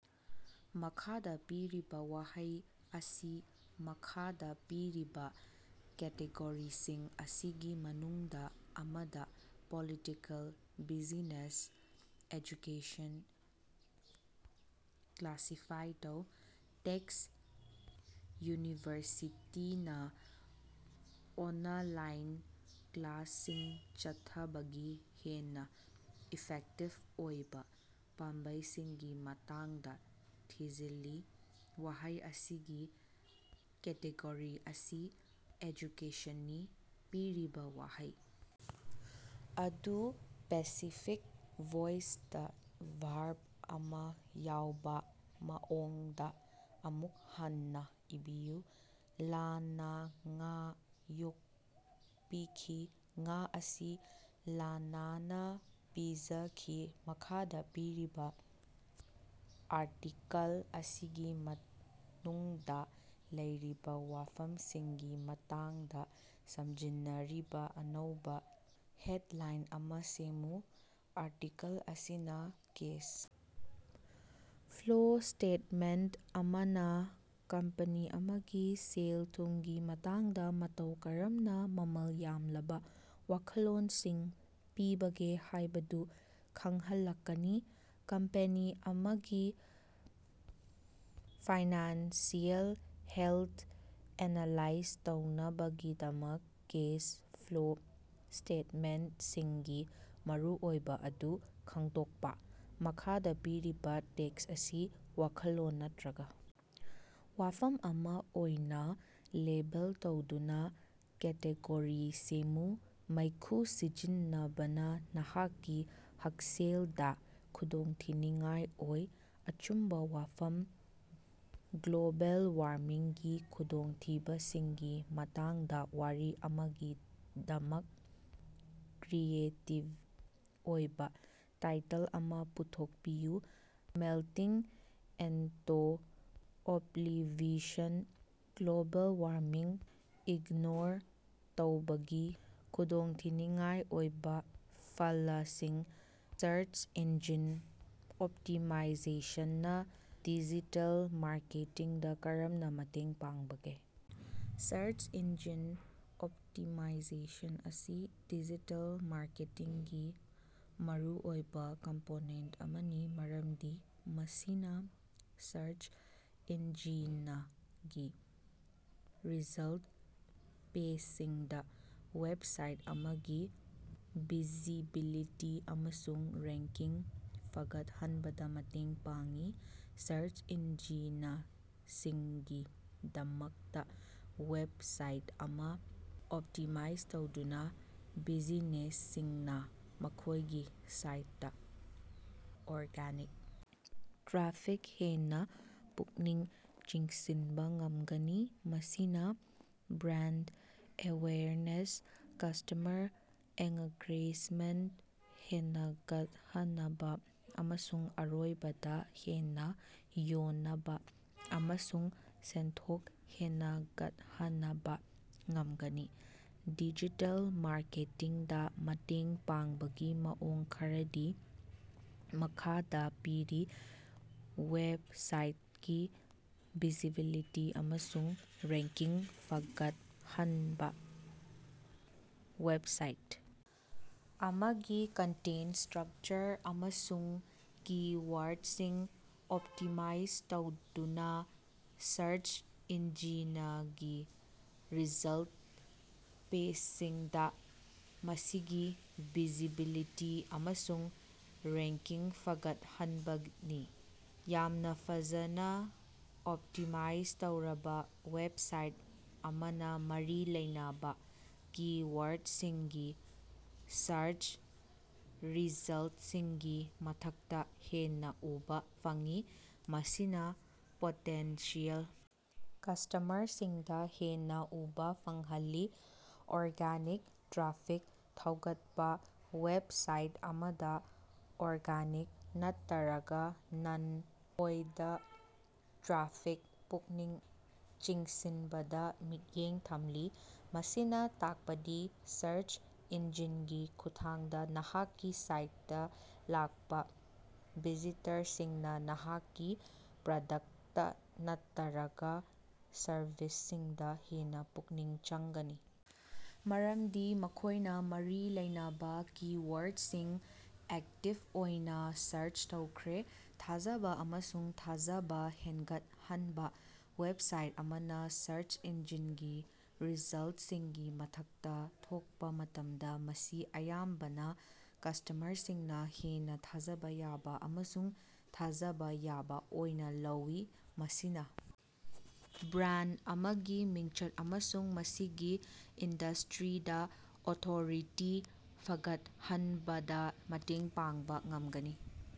ꯃꯈꯥꯗ ꯄꯤꯔꯤꯕ ꯋꯥꯍꯩ ꯑꯁꯤ ꯃꯈꯥꯗ ꯄꯤꯔꯤꯕ ꯀꯦꯇꯦꯒꯣꯔꯤꯁꯤꯡ ꯑꯁꯤꯒꯤ ꯃꯅꯨꯡꯗ ꯑꯃꯗ (ꯄꯣꯂꯤꯇꯤꯀꯦꯜ, ꯕꯤꯖꯤꯅꯦꯁ, ꯑꯦꯖꯨꯀꯦꯁꯟ) ꯀ꯭ꯂꯥꯁꯤꯐꯥꯏ ꯇꯧ꯫ ꯇꯦꯛꯁ ꯌꯨꯅꯤꯚꯔꯁꯤꯇꯤꯅꯥ ꯑꯣꯅꯂꯥꯏꯟ ꯀ꯭ꯂꯥꯁꯁꯤꯡ ꯆꯠꯊꯕꯒꯤ ꯍꯦꯟꯅ ꯏꯐꯦꯛꯇꯤꯕ ꯑꯣꯏꯕ ꯄꯥꯝꯕꯩꯁꯤꯡꯒꯤ ꯃꯇꯥꯡꯗ ꯊꯤꯖꯤꯜꯂꯤ꯫ ꯋꯥꯍꯩ ꯑꯁꯤꯒꯤ ꯀꯦꯇꯦꯒꯣꯔꯤ ꯑꯁꯤ ꯑꯦꯖꯨꯀꯦꯁꯟꯅꯤ꯫ ꯄꯤꯔꯤꯕ ꯋꯥꯍꯩ ꯑꯗꯨ ꯄꯦꯁꯤꯐꯤꯛ ꯚꯣꯏꯁꯇ ꯕꯔꯕ ꯑꯃ ꯌꯥꯎꯕꯥ ꯃꯑꯣꯡꯗꯥ ꯑꯃꯨꯛ ꯍꯟꯅꯥ ꯏꯕꯤꯌꯨ꯫ ꯂꯥꯅꯥ ꯉꯥ ꯌꯣꯛꯄꯤꯈꯤ꯫ ꯉꯥ ꯑꯁꯤ ꯂꯥꯅꯥꯅ ꯄꯤꯖꯈꯤ꯫ ꯃꯈꯥꯗ ꯄꯤꯔꯤꯕ ꯑꯥꯔꯇꯤꯀꯜ ꯑꯁꯤꯒꯤ ꯃꯅꯨꯡꯗꯥ ꯂꯩꯔꯤꯕꯥ ꯋꯥꯐꯝꯁꯤꯡꯒꯤ ꯃꯇꯥꯡꯗ ꯁꯝꯖꯤꯟꯅꯔꯤꯕ ꯑꯅꯧꯕ ꯍꯦꯗꯂꯥꯏꯟ ꯑꯃ ꯁꯦꯝꯃꯨ꯫ ꯑꯥꯔꯇꯤꯀꯜ ꯑꯁꯤꯅ ꯀꯦꯁ ꯐ꯭ꯂꯣ ꯁ꯭ꯇꯦꯠꯃꯦꯟꯇ ꯑꯃꯅ ꯀꯝꯄꯅꯤ ꯑꯃꯒꯤ ꯁꯦꯜ-ꯊꯨꯝꯒꯤ ꯃꯇꯥꯡꯗ ꯃꯇꯧ ꯀꯔꯝꯅ ꯃꯃꯜ ꯌꯥꯝꯂꯕ ꯋꯥꯈꯜꯂꯣꯟꯁꯤꯡ ꯄꯤꯕꯒꯦ ꯍꯥꯏꯕꯗꯨ ꯈꯪꯍꯜꯂꯛꯀꯅꯤ꯫ ꯀꯝꯄꯦꯅꯤ ꯑꯃꯒꯤ ꯐꯥꯏꯅꯥꯟꯁꯤꯑꯦꯜ ꯍꯦꯜꯊ ꯑꯦꯅꯥꯂꯥꯏꯖ ꯇꯧꯅꯕꯒꯤꯗꯃꯛ ꯀꯦꯁ ꯐ꯭ꯂꯣ ꯁ꯭ꯇꯦꯠꯃꯦꯟꯠꯁꯤꯡꯒꯤ ꯃꯔꯨꯑꯣꯏꯕ ꯑꯗꯨ ꯈꯪꯗꯣꯛꯄꯥ꯫ ꯃꯈꯥꯗ ꯄꯤꯔꯤꯕ ꯇꯦꯛꯁ ꯑꯁꯤ ꯋꯥꯈꯜꯂꯣꯟ ꯅꯠꯇꯔ꯭ꯒ ꯋꯥꯐꯝ ꯑꯃ ꯑꯣꯏꯅ ꯂꯦꯕꯦꯜ ꯇꯧꯗꯨꯅ ꯀꯦꯇꯦꯒꯣꯔꯤ ꯁꯦꯝꯃꯨ꯫ ꯃꯩꯈꯨ ꯁꯤꯖꯤꯟꯅꯕꯅ ꯅꯍꯥꯛꯀꯤ ꯍꯛꯁꯦꯜꯗꯥ ꯈꯨꯗꯣꯡꯊꯤꯅꯤꯉꯥꯏ ꯑꯣꯏ꯫ ꯑꯆꯨꯝꯕ ꯋꯥꯐꯝ ꯒ꯭ꯂꯣꯕꯦꯜ ꯋꯥꯔꯃꯤꯡꯒꯤ ꯈꯨꯗꯣꯡꯊꯤꯕꯁꯤꯡꯒꯤ ꯃꯇꯥꯡꯗ ꯋꯥꯔꯤ ꯑꯃꯒꯤꯗꯃꯛ ꯀ꯭ꯔꯤꯌꯦꯇꯤꯕ ꯑꯣꯏꯕ ꯇꯥꯏꯇꯜ ꯑꯃ ꯄꯨꯊꯣꯛꯄꯤꯌꯨ꯫ Melting into oblivion global warming ignore ꯇꯧꯕꯒꯤ ꯈꯨꯗꯣꯡꯊꯤꯅꯤꯡꯉꯥꯏ ꯑꯣꯏꯕ ꯐꯂꯁꯤꯡ꯫ ꯁꯔꯆ ꯏꯟꯖꯤꯟ ꯑꯣꯞꯇꯤꯃꯥꯏꯖꯦꯁꯟ ꯅ ꯗꯤꯖꯤꯇꯦꯜ ꯃꯥꯔꯀꯦꯇꯤꯡꯗ ꯀꯔꯝꯅ ꯃꯇꯦꯡ ꯄꯥꯡꯕꯒꯦ? ꯁꯔꯆ ꯏꯟꯖꯤꯟ ꯑꯣꯞꯇꯤꯃꯥꯏꯖꯦꯁꯟ ꯑꯁꯤ ꯗꯤꯖꯤꯇꯦꯜ ꯃꯥꯔꯀꯦꯇꯤꯡꯒꯤ ꯃꯔꯨꯑꯣꯏꯕ ꯀꯝꯄꯣꯅꯦꯟꯇ ꯑꯃꯅꯤ ꯃꯔꯝꯗꯤ ꯃꯁꯤꯅ ꯁꯔꯆ ꯏꯟꯖꯤꯅꯒꯤ ꯔꯤꯖꯜꯇ ꯄꯦꯖꯁꯤꯡꯗ ꯋꯦꯕꯁꯥꯏꯠ ꯑꯃꯒꯤ ꯚꯤꯖꯤꯕꯤꯂꯤꯇꯤ ꯑꯃꯁꯨꯡ ꯔꯦꯡꯀꯤꯡ ꯐꯒꯠꯍꯟꯕꯗ ꯃꯇꯦꯡ ꯄꯥꯡꯏ꯫ ꯁꯔꯆ ꯏꯟꯖꯤꯅꯁꯤꯡꯒꯤꯗꯃꯛꯇ ꯋꯦꯕꯁꯥꯏꯠ ꯑꯃ ꯑꯣꯞꯇꯤꯃꯥꯏꯖ ꯇꯧꯗꯨꯅ, ꯕꯤꯖꯤꯅꯦꯁꯁꯤꯡꯅꯥ ꯃꯈꯣꯏꯒꯤ ꯁꯥꯏꯠꯇ ꯑꯣꯔꯒꯥꯅꯤꯛ ꯇ꯭ꯔꯥꯐꯤꯛ ꯍꯦꯟꯅ ꯄꯨꯛꯅꯤꯡ ꯆꯤꯡꯁꯤꯟꯕ ꯉꯝꯒꯅꯤ, ꯃꯁꯤꯅ ꯕ꯭ꯔꯥꯟꯗ ꯑꯦꯋꯦꯌꯔꯅꯦꯁ, ꯀꯁ꯭ꯇꯃꯔ ꯑꯦꯉ꯭ꯒꯦꯖꯃꯦꯟꯇ ꯍꯦꯅꯒꯠꯍꯅꯕꯥ, ꯑꯃꯁꯨꯡ ꯑꯔꯣꯏꯕꯗꯥ, ꯍꯦꯟꯅꯥ ꯌꯣꯅꯕꯥ ꯑꯃꯁꯨꯡ ꯁꯦꯟꯊꯣꯛ ꯍꯦꯅꯒꯠꯍꯅꯕꯥ ꯉꯝꯒꯅꯤ꯫ ꯗꯤꯖꯤꯇꯦꯜ ꯃꯥꯔꯀꯦꯇꯤꯡꯗꯥ ꯃꯇꯦꯡ ꯄꯥꯡꯕꯒꯤ ꯃꯑꯣꯡ ꯈꯔꯗꯤ ꯃꯈꯥꯗꯥ ꯄꯤꯔꯤ ꯋꯦꯕꯁꯥꯏꯇꯀꯤ ꯚꯤꯖꯤꯕꯤꯂꯤꯇꯤ ꯑꯃꯁꯨꯡ ꯔꯦꯡꯀꯤꯡ ꯐꯒꯠꯍꯟꯕ ꯋꯦꯕꯁꯥꯏꯠ ꯑꯃꯒꯤ ꯀꯟꯇꯦꯟꯇ, ꯁ꯭ꯠꯔꯀꯆꯔ ꯑꯃꯁꯨꯡ ꯀꯤ-ꯋꯥꯔꯗꯁꯤꯡ ꯑꯣꯞꯇꯤꯃꯥꯏꯖ ꯇꯧꯗꯨꯅꯥ ꯁꯔꯆ ꯏꯟꯖꯤꯅꯒꯤ ꯔꯤꯖꯜꯇ ꯄꯦꯖꯁꯤꯡꯗꯥ ꯃꯁꯤꯒꯤ ꯚꯤꯖꯤꯕꯤꯂꯤꯇꯤ ꯑꯃꯁꯨꯡ ꯔꯦꯡꯀꯤꯡ ꯐꯒꯠꯍꯟꯕꯅꯤ꯫ ꯌꯥꯝꯅ ꯐꯖꯅ ꯑꯣꯞꯇꯤꯃꯥꯏꯖ ꯇꯧꯔꯕ ꯋꯦꯕꯁꯥꯏꯠ ꯑꯃꯅ ꯃꯔꯤ ꯂꯩꯅꯕꯥ ꯀꯤ-ꯋꯥꯔꯗꯁꯤꯡꯒꯤ ꯁꯥꯔꯆ ꯔꯤꯖꯜꯇꯁꯤꯡꯒꯤ ꯃꯊꯛꯇ ꯍꯦꯟꯅ ꯎꯕꯥ ꯐꯪꯏ꯫ ꯃꯁꯤꯅ ꯄꯣꯇꯦꯟꯁꯤꯌꯦꯜ ꯀꯁ꯭ꯇꯃꯔꯁꯤꯡꯗ ꯍꯦꯟꯅ ꯎꯕ ꯐꯪꯍꯜꯂꯤ꯫ ꯑꯣꯔꯒꯥꯅꯤꯛ ꯇ꯭ꯔꯥꯐꯤꯛ ꯊꯧꯒꯠꯄ ꯋꯦꯕꯁꯥꯏꯠ ꯑꯃꯗ ꯑꯣꯔꯒꯥꯅꯤꯛ, ꯅꯠꯇꯔꯒ ꯅꯟ-ꯄꯦꯏꯗ ꯇ꯭ꯔꯥꯐꯤꯛ ꯄꯨꯛꯅꯤꯡ ꯆꯤꯡꯁꯤꯟꯕꯗ ꯃꯤꯠꯌꯦꯡ ꯊꯝꯂꯤ꯫ ꯃꯁꯤꯅ ꯇꯥꯛꯄꯗꯤ ꯁꯔꯆ ꯏꯟꯖꯤꯟꯒꯤ ꯈꯨꯠꯊꯥꯡꯗ ꯅꯍꯥꯛꯀꯤ ꯁꯥꯏꯠꯇ ꯂꯥꯛꯄ ꯚꯤꯖꯤꯇꯔꯁꯤꯡꯅ ꯅꯍꯥꯛꯀꯤ ꯄ꯭ꯔꯗꯛꯇ ꯅꯠꯇꯔꯒ ꯁꯔꯚꯤꯁꯁꯤꯡꯗ ꯍꯦꯟꯅ ꯄꯨꯛꯅꯤꯡ ꯆꯪꯒꯅꯤ ꯃꯔꯝꯗꯤ ꯃꯈꯣꯏꯅ ꯃꯔꯤ ꯂꯩꯅꯕ ꯀꯤ-ꯋꯥꯔꯗꯁꯤꯡ ꯑꯦꯛꯇꯤꯕ ꯑꯣꯏꯅ ꯁꯥꯔꯆ ꯇꯧꯈ꯭ꯔꯦ꯫ ꯊꯥꯖꯕ ꯑꯃꯁꯨꯡ ꯊꯥꯖꯕ ꯍꯦꯟꯒꯠꯍꯟꯕ ꯋꯦꯕꯁꯥꯏꯠ ꯑꯃꯅ ꯁꯔꯆ ꯏꯟꯖꯤꯟꯒꯤ ꯔꯤꯖꯜꯇꯁꯤꯡꯒꯤ ꯃꯊꯛꯇꯥ ꯊꯣꯛꯄ ꯃꯇꯝꯗ ꯃꯁꯤ ꯑꯌꯥꯝꯕꯅ ꯀꯁ꯭ꯇꯃꯔꯁꯤꯡꯅ ꯍꯦꯟꯅ ꯊꯥꯖꯕ ꯌꯥꯕ ꯑꯃꯁꯨꯡ ꯊꯥꯖꯕ ꯌꯥꯕ ꯑꯣꯏꯅ ꯂꯧꯏ꯫ ꯃꯁꯤꯅ ꯕ꯭ꯔꯥꯟꯗ ꯑꯃꯒꯤ ꯃꯤꯡꯆꯠ ꯑꯃꯁꯨꯡ ꯃꯁꯤꯒꯤ ꯏꯟꯗꯁ꯭ꯠꯔꯤꯗ ꯑꯣꯊꯣꯔꯤꯇꯤ ꯐꯒꯠꯍꯟꯕꯗ ꯃꯇꯦꯡ ꯄꯥꯡꯕ ꯉꯝꯒꯅꯤ꯫